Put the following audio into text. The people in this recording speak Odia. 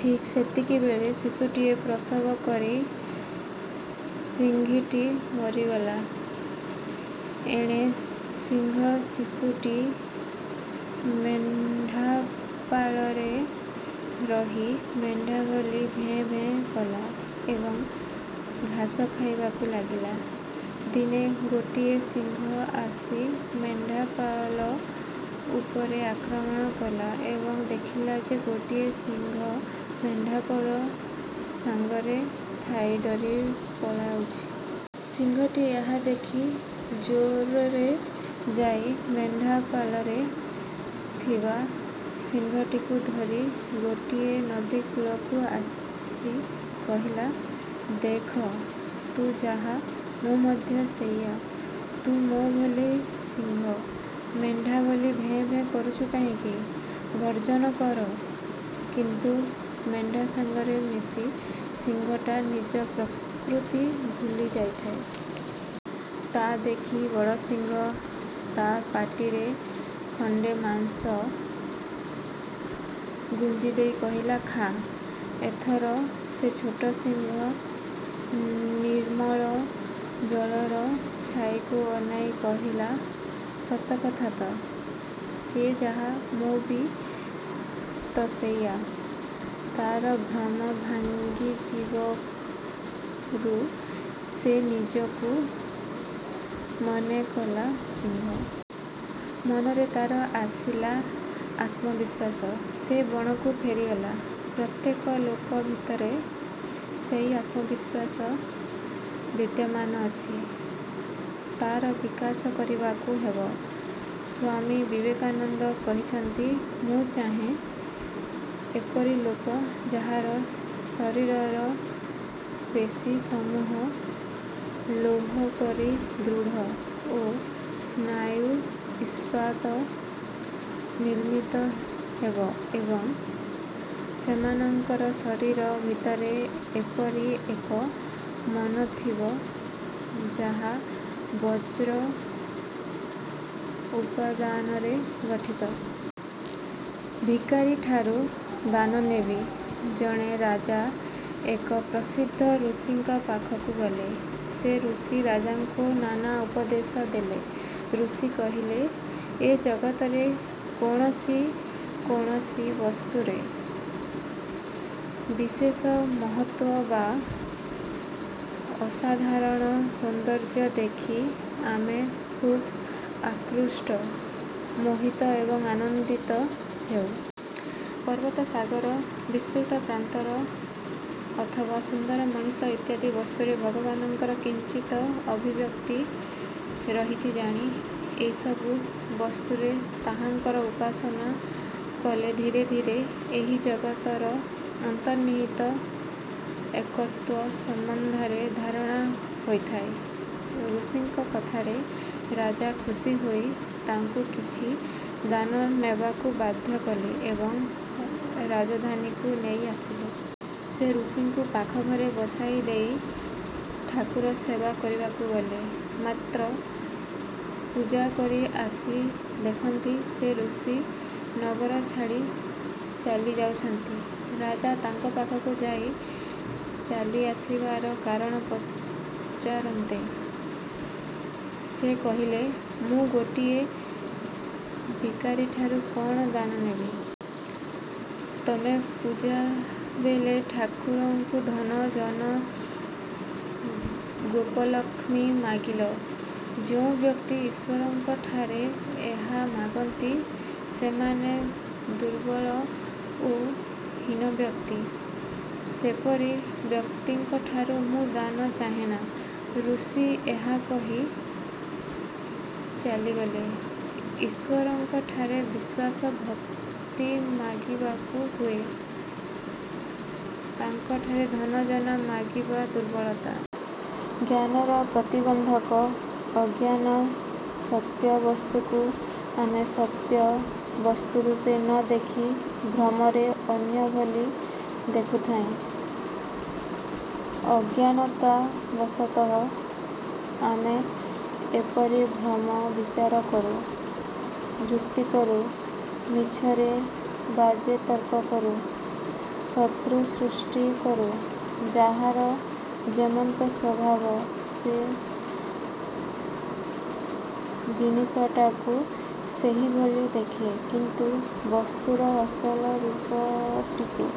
ଠିକ୍ ସେତିକିବେଳେ ଶିଶୁଟିଏ ପ୍ରସବ କରି ସିଂହୀଟି ମରିଗଲା। ଏଣେ ସିଂହଶିଶୁଟି ମେଣ୍ଢାପଲରେ ରହି ମେଣ୍ଢା ଭଳି ଭେ ଭେ କଲା ଏବଂ ଘାସ ଖାଇବାକୁ ଲାଗିଲା। ଦିନେ ଗୋଟିଏ ସିଂହ ଆସି ମେଣ୍ଢାପଲ ଉପରେ ଆକ୍ରମଣ କଲା ଏବଂ ଦେଖିଲା ଯେ ଗୋଟିଏ ସିଂହ ମେଣ୍ଢାପଲ ସଙ୍ଗରେ ଥାଇ ଡରି ପଳାଉଛି। ସିଂହଟି ଏହା ଦେଖି ଜୋରରେ ଯାଇ ମେଣ୍ଢାପଲରେ ଥିବା ସିଂହଟିକୁ ଧରି ଗୋଟିଏ ନଦୀକୂଳକୁ ଆସି କହିଲା- ''ଦେଖ, ତୁ ଯାହା, ମୁଁ ମଧ୍ୟ ସେଇଆ। ତୁ ମୋ ଭଳି ସିଂହ, ମେଣ୍ଢାଭଳି ଭେ ଭେ କରୁଛୁ କାହିଁକି? ଗର୍ଜନ କର। '' କିନ୍ତୁ ମେଣ୍ଢା ସାଙ୍ଗରେ ମିଶି ସିଂହଟା ନିଜ ପ୍ରକୃତି ଭୁଲି ଯାଇଥାଏ। ତା ଦେଖି ବଡ଼ ସିଂହ ତା' ପାଟିରେ ଖଣ୍ଡେ ମାଂସ ଗୁଞ୍ଜିଦେଇ କହିଲା, ''ଖା''। ଏଥର ସେ ଛୋଟ ସିଂହ ନିର୍ମଳ ଜଳର ଛାଇକୁ ଅନାଇ କହିଲା-''ସତକଥା ତ! ସେ ଯାହା, ମୁଁ ବି ତ ସେଇଆ। '' ତାର ଭ୍ରମ ଭାଙ୍ଗିଯିବରୁ ସେ ନିଜକୁ ମନେ କଲା ସିଂହ। ମନରେ ତାର ଆସିଲା ଆତ୍ମବିଶ୍ୱାସ। ସେ ବଣକୁ ଫେରିଗଲା। ପ୍ରତ୍ୟେକ ଲୋକ ଭିତରେ ସେଇ ଆତ୍ମବିଶ୍ୱାସ ବିଦ୍ୟମାନ ଅଛି। ତା'ର ବିକାଶ କରିବାକୁ ହେବ। ସ୍ୱାମୀ ବିବେକାନନ୍ଦ କହିଛନ୍ତି-ମୁଁ ଚାହେଁ ଏପରି ଲୋକ ଯାହାର ଶରୀରର ପେଶୀ-ସମୂହ ଲୌହପରି ଦୃଢ଼ ଓ ସ୍ନାୟୁ ଇସ୍ପାତ ନିର୍ମିତ ହେବ ଏବଂ ସେମାନଙ୍କର ଶରୀର ଭିତରେ ଏପରି ଏକ ମନ ଥିବ ଯାହା ବଜ୍ରର ଉପାଦାନରେ ଗଠିତ। 'ଭିକାରିଠାରୁ ଦାନ ନେବି! ' ଜଣେ ରାଜା ଏକ ପ୍ରସିଦ୍ଧ ଋଷିଙ୍କ ପାଖକୁ ଗଲେ। ସେ ଋଷି ରାଜାଙ୍କୁ ନାନା ଉପଦେଶ ଦେଲେ। ଋଷି କହିଲେ-ଏ ଜଗତରେ କୌଣସି କୌଣସି ବସ୍ତୁରେ। ବିଶେଷ ମହତ୍ତ୍ୱ ବା ଅସାଧାରଣ ସୌନ୍ଦର୍ଯ୍ୟ ଦେଖି ଆମେ ଖବ୍ ଆକୃଷ୍ଟ, ମୋହିତ ଏବଂ ଆନନ୍ଦିତ ହେଉଁ। ପର୍ବତ, ସାଗର, ବିସ୍ତୃତ ପ୍ରାନ୍ତର ଅଥବା ସୁନ୍ଦର ମଣିଷ ଇତ୍ୟାଦି ବସ୍ତୁରେ ଭଗବାନଙ୍କର କିଞ୍ଚିତ ଅଭିବ୍ୟକ୍ତି ରହିଛି ଜାଣି, ଏସବୁ ବସ୍ତୁରେ ତାହାଙ୍କର ଉପାସନା କଲେ ଧୀରେ ଧୀରେ ଏହି ଜଗତର ଅନ୍ତନିର୍ହିତ ଏକତ୍ୱ ସମ୍ବନ୍ଧରେ ଧାରଣା ହୋଇଥାଏ। ଋଷିଙ୍କ କଥାରେ ରାଜା ଖୁସି ହୋଇ ତାଙ୍କୁ କିଛି ଦାନ ନେବାକୁ ବାଧ୍ୟ କଲେ ଏବଂ ରାଜଧାନୀକୁ ନେଇ ଆସିଲେ। ସେ ଋଷିଙ୍କୁ ପାଖ ଘରେ ବସାଇ ଦେଇ ଠାକୁରସେବା କରିବାକୁ ଗଲେ। ମାତ୍ର ପୂଜା କରି ଆସି ଦେଖନ୍ତି ସେ ଋଷି ନଗର ଛାଡ଼ି ଚାଲି ଯାଉଛନ୍ତି। ରାଜା ତାଙ୍କ ପାଖକୁ ଯାଇ ଚାଲିଆସିବାର କାରଣ ପଚାରନ୍ତେ ସେ କହିଲେ-''ମୁଁ ଗୋଟିଏ ଭିକାରୀଠାରୁ କ'ଣ ଦାନ ନେବି? ତମେ ପୂଜାବେଳେ ଠାକୁରଙ୍କୁ ଧନ, ଜନ, ଗୋପଲକ୍ଷ୍ମୀ ମାଗିଲ। ଯେଉଁ ବ୍ୟକ୍ତି ଈଶ୍ୱରଙ୍କଠାରେ ଏହା ମାଗନ୍ତି ସେମାନେ ଦୁର୍ବଳ ଓ ହୀନ ବ୍ୟକ୍ତି। ସେପରି ବ୍ୟକ୍ତିଙ୍କଠାରୁ ମୁଁ ଦାନ ଚାହେଁନା। '' ଋଷି ଏହା କହି ଚାଲିଗଲେ। ଈଶ୍ୱରଙ୍କଠାରେ ବିଶ୍ୱାସ, ଭକ୍ତି ମାଗିବାକୁ ହୁଏ। ତାଙ୍କଠାରେ ଧନ, ଜନ ମାଗିବା ଦୁର୍ବଳତା। ଜ୍ଞାନର ପ୍ରତିବନ୍ଧକ ଅଜ୍ଞାନ ସତ୍ୟ ବସ୍ତୁକୁ ଆମେ ସତ୍ୟ ବସ୍ତୁରୂପେ ନ ଦେଖି ଭ୍ରମରେ ଅନ୍ୟ ଭଳି ଦେଖୁଥାଇଁ। ଅଜ୍ଞାନତାବଶତଃ ଆମେ ଏପରି ଭ୍ରମ ବିଚାର କରୁ। ଯୁକ୍ତି କରୁ, ମିଛରେ ବାଜେ ତର୍କ କରୁ। ଶତ୍ରୁ ସୃଷ୍ଟି କରୁ। 'ଯାହାର ଯେମନ୍ତ ସ୍ୱଭାବ', ସେ ଜିନିଷଟାକୁ ସେହିଭଳି ଦେଖେ; କିନ୍ତୁ ବସ୍ତୁର ଅସଲ ରୂପଟିକୁ